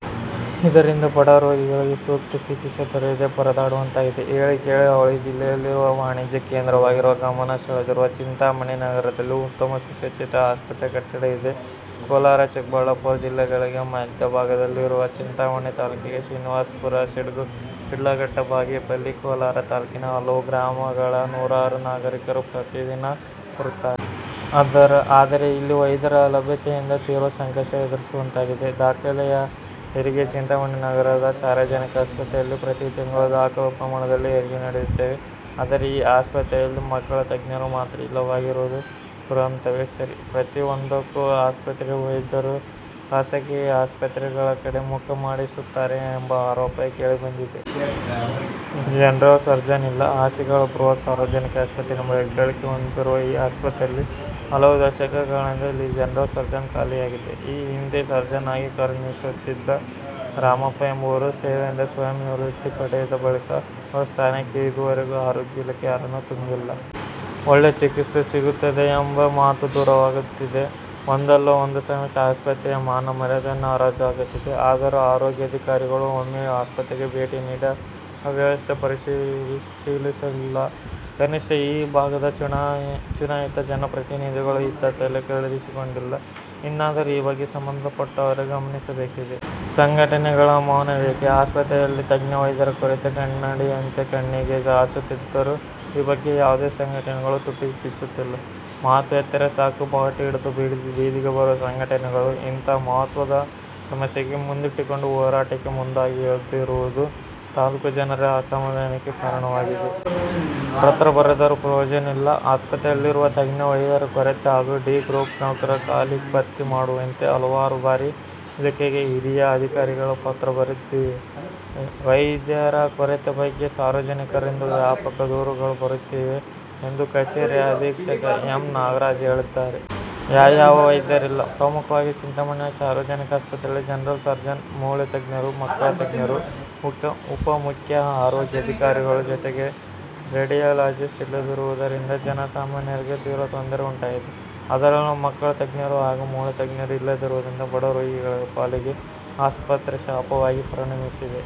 ಇದರಿಂದ ಬಡ ರೋಗಿಗಳಿಗೆ ಸೂಕ್ತ ಚಿಕಿತ್ಸೆ ದೊರೆಯದೇ ಪರದಾಡುವಂತಾಗಿದೆ. ಹೇಳಿ, ಕೇಳಿ ಅವಳಿ ಜಿಲ್ಲೆಯಲ್ಲಿಯೇ ವಾಣಿಜ್ಯ ಕೇಂದ್ರವಾಗಿರುವ ಗಮನ ಸೆಳೆದಿರುವ ಚಿಂತಾಮಣಿ ನಗರದಲ್ಲಿ ಉತ್ತಮ ಸುಸಜ್ಜಿತ ಆಸ್ಪತ್ರೆ ಕಟ್ಟಡ ಇದೆ. ಕೋಲಾರ-ಚಿಕ್ಕಬಳ್ಳಾಪುರ ಜಿಲ್ಲೆಗಳಿಗೆ ಮಧ್ಯಭಾಗದಲ್ಲಿರುವ ಚಿಂತಾಮಣಿ ತಾಲೂಕಿಗೆ ಶ್ರೀನಿವಾಸಪುರ, ಶಿಡ್ಲಘಟ್ಟ, ಬಾಗೇಪಲ್ಲಿ, ಕೋಲಾರ ತಾಲೂಕಿನ ಹಲವು ಗ್ರಾಮಗಳ ನೂರಾರು ನಾಗರಿಕರು ಪ್ರತಿದಿನ ಬರುತ್ತಾರೆ. ಆದರೆ ಇಲ್ಲಿ ವೈದ್ಯರ ಅಲಭ್ಯತೆಯಿಂದ ತೀವ್ರ ಸಂಕಷ್ಟ ಎದುರಿಸುವಂತಾಗಿದೆ. ದಾಖಲೆಯ ಹೆರಿಗೆ: ಚಿಂತಾಮಣಿ ನಗರದ ಸಾರ್ವಜನಿಕ ಆಸ್ಪತ್ರೆಯಲ್ಲಿ ಪ್ರತಿ ತಿಂಗಳು ದಾಖಲೆ ಪ್ರಮಾಣದಲ್ಲಿ ಹೆರಿಗೆ ನಡೆಯುತ್ತೇವೆ. ಆದರೆ ಈ ಆಸ್ಪತ್ರೆಯಲ್ಲಿ ಮಕ್ಕಳ ತಜ್ಞರು ಮಾತ್ರ ಇಲ್ಲವಾಗಿರುವುದು ದುರಂತವೇ ಸರಿ. ಪ್ರತಿಯೊಂದಕ್ಕೂ ಆಸ್ಪತ್ರೆಯ ವೈದ್ಯರು ಖಾಸಗಿ ಆಸ್ಪತ್ರೆಗಳ ಕಡೆ ಮುಖ ಮಾಡಿಸುತ್ತಾರೆ ಎಂಬ ಆರೋಪ ಕೇಳಿಬಂದಿದೆ. ಜನರಲ್ ಸರ್ಜನ್ ಇಲ್ಲ: ಹಾಸಿಗೆಗಳ ಬೃಹತ್ ಸಾರ್ವಜನಿಕ ಆಸ್ಪತ್ರೆ ಎಂಬ ಹೆಗ್ಗಳಿಕೆ ಹೊಂದಿರುವ ಈ ಆಸ್ಪತ್ರೆಯಲ್ಲಿ ಹಲವು ದಶಕಗಳಿಂದ ಇಲ್ಲಿ ಜನರಲ್ ಸರ್ಜನ್ ಖಾಲಿಯಾಗಿದೆ. ಈ ಹಿಂದೆ ಸರ್ಜನ್ ಆಗಿ ಕಾರ್ಯನಿರ್ವಹಿಸುತ್ತಿದ್ದ ರಾಮಪ್ಪಎಂಬುವರು ಸೇವೆಯಿಂದ ಸ್ವಯಂ ನಿವೃತ್ತಿ ಪಡೆದ ಬಳಿಕ ಅವರ ಸ್ಥಾನಕ್ಕೆ ಇದುವರೆಗೂ ಆರೋಗ್ಯ ಇಲಾಖೆ ಯಾರನ್ನು ತುಂಬಿಲ್ಲ. ಒಳ್ಳೆ ಚಿಕಿತ್ಸೆ ಸಿಗುತ್ತದೆಯೆಂಬ ಮಾತು ದೂರವಾಗುತ್ತಿದೆ. ಒಂದಲ್ಲ ಒಂದು ಸಮಸ್ಯೆ ಆಸ್ಪತ್ರೆಯ ಮಾನ ಮರ್ಯಾದೆಯನ್ನು ಹರಾಜು ಹಾಕುತ್ತಿದೆ. ಆದರೂ ಆರೋಗ್ಯಾಧಿಕಾರಿಗಳು ಒಮ್ಮೆಯೂ ಆಸ್ಪತ್ರೆಗೆ ಭೇಟಿ ನೀಡಿ ಅವ್ಯವಸ್ಥೆ ಪರಿಶೀಲಿಸಿಲ್ಲ. ಕನಿಷ್ಠ ಈ ಭಾಗದ ಚುನಾಯಿತ ಜನಪ್ರತಿನಿಧಿಗಳು ಇತ್ತ ತಲೆ ಕೆಡಿಸಿಕೊಂಡಿಲ್ಲ. ಇನ್ನಾದರೂ ಈ ಬಗ್ಗೆ ಸಂಬಂಧಪಟ್ಟವರು ಗಮನಿಸಬೇಕಿದೆ. ಸಂಘಟನೆಗಳ ಮೌನವೇಕೆ?: ಆಸ್ಪತ್ರೆಯಲ್ಲಿ ತಜ್ಞ ವೈದ್ಯರ ಕೊರತೆ ಕನ್ನಡಿಯಂತೆ ಕಣ್ಣಿಗೆ ರಾಚುತ್ತಿದ್ದರೂ ಈ ಬಗ್ಗೆ ಯಾವುದೇ ಸಂಘಟನೆಗಳು ತುಟಿ ಬಿಚ್ಚುತ್ತಿಲ್ಲ. ಮಾತು ಎತ್ತರೆ ಸಾಕು ಬಾವುಟ ಹಿಡಿದು ಬೀದಿಗೆ ಬರುವ ಸಂಘಟನೆಗಳು ಇತಂಹ ಮಹತ್ವದ ಸಮಸ್ಯೆಗಳನ್ನು ಮುಂದಿಟ್ಟುಕೊಂಡು ಹೋರಾಟಕ್ಕೆ ಮುಂದಾಗದಿರುವುದು ತಾಲೂಕಿನ ಜನರ ಅಸಮಾಧಾನಕ್ಕೆ ಕಾರಣವಾಗಿದೆ. ಪತ್ರ ಬರೆದರೂ ಪ್ರಯೋಜನವಿಲ್ಲ: ಆಸ್ಪತ್ರೆಯಲ್ಲಿರುವ ತಜ್ಞ ವೈದ್ಯರ ಕೊರತೆ ಹಾಗೂ ಡಿ ಗ್ರೂಪ್ ನೌಕರರ ಖಾಲಿ ಭರ್ತಿ ಮಾಡುವಂತೆ ಹಲವಾರು ಬಾರಿ ಇಲಾಖೆಗೆ ಹಿರಿಯ ಅಧಿಕಾರಿಗಳಿಗೆ ಪತ್ರ ಬರೆದಿದ್ದೇವೆ. ವೈದ್ಯರ ಕೊರತೆ ಬಗ್ಗೆ ಸಾರ್ವಜನಿಕರಿಂದ ವ್ಯಾಪಕ ದೂರುಗಳು ಬರುತ್ತಿವೆ ಎಂದು ಕಚೇರಿ ಅಧೀಕ್ಷಕ ಎಂ. ನಾಗರಾಜ್ ಹೇಳಿದ್ದಾರೆ. ಯಾವ್ಯಾವ ವೈದ್ಯರಿಲ್ಲ? ಪ್ರಮುಖವಾಗಿ ಚಿಂತಾಮಣಿ ಸಾರ್ವಜನಿಕ ಆಸ್ಪತ್ರೆಯಲ್ಲಿ ಜನರಲ್ ಸರ್ಜನ್, ಮೂಳೆ ತಜ್ಞರು, ಮಕ್ಕಳ ತಜ್ಞರು, ಉಪ ಮುಖ್ಯ ಆರೋಗ್ಯಾಧಿಕಾರಿಗಳು ಜೊತೆಗೆ ರೆಡಿಯಾಲಾಜಿಸ್ಟ್ ಇಲ್ಲದಿರುವುದರಿಂದ ಜನ ಸಾಮಾನ್ಯರಿಗೆ ತೀವ್ರ ತೊಂದರೆ ಉಂಟಾಗಿದೆ. ಅದರಲ್ಲೂ ಮಕ್ಕಳ ತಜ್ಞರು ಹಾಗೂ ಮೂಳೆ ತಜ್ಞರು ಇಲ್ಲದಿರುವುದು ಬಡ ರೋಗಿಗಳು ಪಾಲಿಗೆ ಆಸ್ಪತ್ರೆ ಶಾಪವಾಗಿ ಪರಿಣಮಿಸಿದೆ.